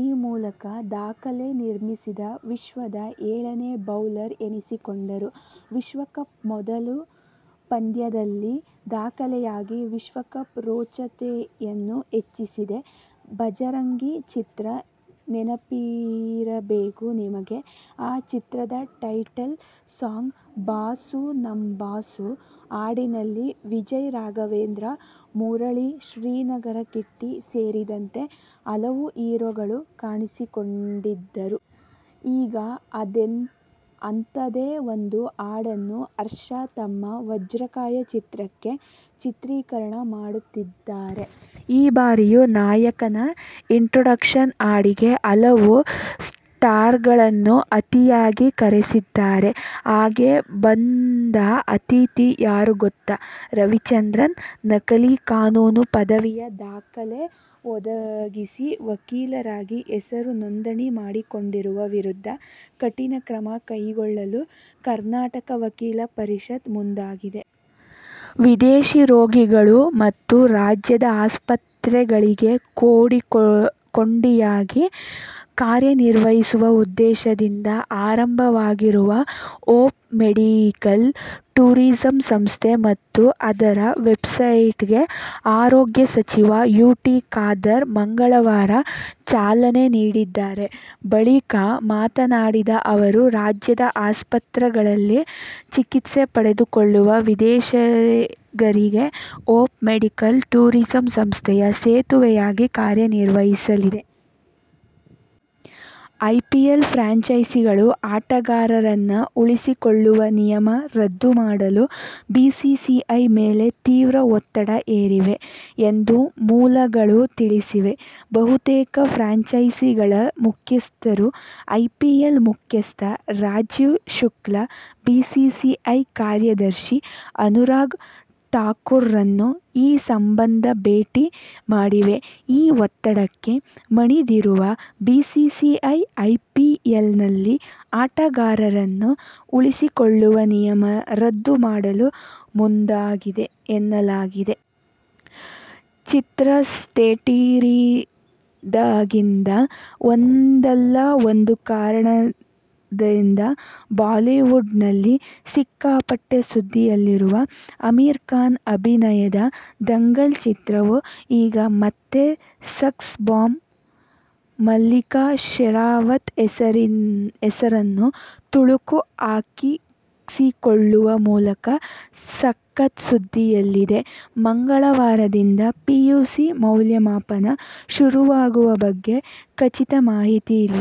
ಈ ಮೂಲಕ ದಾಖಲೆ ನಿರ್ಮಿಸಿದ ವಿಶ್ವದ ಏಳನೇ ಬೌಲರ್ ಎನಿಸಿಕೊಂಡರು. ವಿಶ್ವಕಪ್ನ ಮೊದಲ ಪಂದ್ಯದಲ್ಲೇ ದಾಖಲೆಯಾಗಿ ವಿಶ್ವಕಪ್ ರೋಚತೆಯನ್ನು ಹೆಚ್ಚಿಸಿದೆ. "ಭಜರಂಗಿ' ಚಿತ್ರ ನೆನಪಿರಬೇಕು ನಿಮಗೆ. ಆ ಚಿತ್ರದ ಟೈಟಲ್ ಸಾಂಗ್ "ಬಾಸು ನಮ್ ಬಾಸು' ಹಾಡಿನಲ್ಲಿ ವಿಜಯ್ ರಾಘವೇಂದ್ರ, ಮುರಳಿ, ಶ್ರೀನಗರ ಕಿಟ್ಟಿ ಸೇರಿದಂತೆ ಹಲವು ಹೀರೋಗಳು ಕಾಣಿಸಿಕೊಂಡಿದ್ದರು. ಈಗ ಅಂಥದ್ದೇ ಒಂದು ಹಾಡನ್ನು ಹರ್ಷ ತಮ್ಮ "ವಜ್ರಕಾಯ' ಚಿತ್ರಕ್ಕೆ ಚಿತ್ರೀಕರಣ ಮಾಡುತ್ತಿದ್ದಾರೆ. ಈ ಬಾರಿಯೂ ನಾಯಕನ ಇಂಟ್ರೊಡಕ್ಷನ್ ಹಾಡಿಗೆ ಹಲವು ಸ್ಟಾರ್ಗಳನ್ನು ಅತಿಥಿಯಾಗಿ ಕರೆಸುತ್ತಿದ್ದಾರೆ. ಹಾಗೆ ಬಂದ ಅತಿಥಿ ಯಾರು ಗೊತ್ತಾ? ರವಿಚಂದ್ರನ್. ನಕಲಿ ಕಾನೂನು ಪದವಿಯ ದಾಖಲೆ ಒದಗಿಸಿ ವಕೀಲರಾಗಿ ಹೆಸರು ನೋಂದಣಿ ಮಾಡಿಸಿಕೊಂಡವರ ವಿರುದ್ಧ ಕಠಿಣ ಕ್ರಮ ಕೈಗೊಳ್ಳಲು ಕರ್ನಾಟಕ ವಕೀಲರ ಪರಿಷತ್ ಮುಂದಾಗಿದೆ. ವಿದೇಶಿ ರೋಗಿಗಳು ಮತ್ತು ರಾಜ್ಯದ ಆಸ್ಪತ್ರೆಗಳಿಗೆ ಕೊಂಡಿಯಾಗಿ ಕಾರ್ಯನಿರ್ವಹಿಸುವ ಉದ್ದೇಶದಿಂದ ಆರಂಭವಾಗಿರುವ ಹೋಪ್ ಮೆಡಿಕಲ್ ಟೂರಿಸಂ ಸಂಸ್ಥೆ ಮತ್ತು ಅದರ ವೆಬ್ಸೈಟ್ಗೆ ಆರೋಗ್ಯ ಸಚಿವ ಯು. ಟಿ. ಖಾದರ್ ಮಂಗಳವಾರ ಚಾಲನೆ ನೀಡಿದ್ದಾರೆ. ಬಳಿಕ ಮಾತನಾಡಿದ ಅವರು, ರಾಜ್ಯದ ಆಸ್ಪತ್ರೆಗಳಲ್ಲಿ ಚಿಕಿತ್ಸೆ ಪಡೆದುಕೊಳ್ಳುವ ವಿದೇಶಿಗರಿಗೆ ಹೋಪ್ ಮೆಡಿಕಲ್ ಟೂರಿಸಂ ಸಂಸ್ಥೆಯು ಸೇತುವೆಯಾಗಿ ಕಾರ್ಯನಿರ್ವಹಿಸಲಿದೆ. ಐಪಿಎಲ್ ಫ್ರಾಂಚೈಸಿಗಳು ಆಟಗಾರರನ್ನು ಉಳಿಸಿಕೊಳ್ಳುವ ನಿಯಮ ರದ್ದು ಮಾಡಲು ಬಿಸಿಸಿಐ ಮೇಲೆ ತೀವ್ರ ಒತ್ತಡ ಹೇರಿವೆ ಎಂದು ಮೂಲಗಳು ತಿಳಿಸಿವೆ. ಬಹುತೇಕ ಫ್ರಾಂಚೈಸಿಗಳ ಮುಖ್ಯಸ್ಥರು ಐಪಿಎಎಲ್ ಮುಖ್ಯಸ್ಥ ರಾಜೀವ್ ಶುಕ್ಲಾ, ಬಿಸಿಸಿಐ ಕಾರ್ಯದರ್ಶಿ ಅನುರಾಗ್ ಠಾಕೂರ್ರನ್ನು ಈ ಸಂಬಂಧ ಭೇಟಿ ಮಾಡಿವೆ, ಈ ಒತ್ತಡಕ್ಕೆ ಮಣಿದಿರುವ ಬಿಸಿಸಿಐ ಐಪಿಎಲ್ನಲ್ಲಿ ಆಟಗಾರರನ್ನು ಉಳಿಸಿಕೊಳ್ಳುವ ನಿಯಮ ರದ್ದು ಮಾಡಲು ಮುಂದಾಗಿದೆ ಎನ್ನಲಾಗಿದೆ. ಚಿತ್ರ ಸೆಟ್ಟೇರಿದಾಗಿಂದ ಒಂದಲ್ಲ ಒಂದು ಕಾರಣದಿಂದ ಬಾಲಿವುಡ್ ನಲ್ಲಿ ಸಿಕ್ಕಾಪಟ್ಟೆ ಸುದ್ದಿಯಲ್ಲಿರುವ ಅಮೀರ್ ಖಾನ್ ಅಭಿನಯದ ದಂಗಲ್ ಚಿತ್ರವು ಈಗ ಮತ್ತೆ ಸೆಕ್ಸ್ ಬಾಂಬ್ ಮಲ್ಲಿಕಾ ಶೆರಾವತ್ ಹೆಸರನ್ನು ತಳುಕು ಹಾಕಿಸಿಕೊಳ್ಳುವ ಮೂಲಕ ಸಖತ್ ಸುದ್ದಿಯಲ್ಲಿದೆ. ಮಂಗಳವಾರದಿಂದ ಪಿಯುಸಿ ಮೌಲ್ಯಮಾಪನ ಶುರುವಾಗುವ ಬಗ್ಗೆ ಖಚಿತ ಮಾಹಿತಿ ಇಲ್ಲ.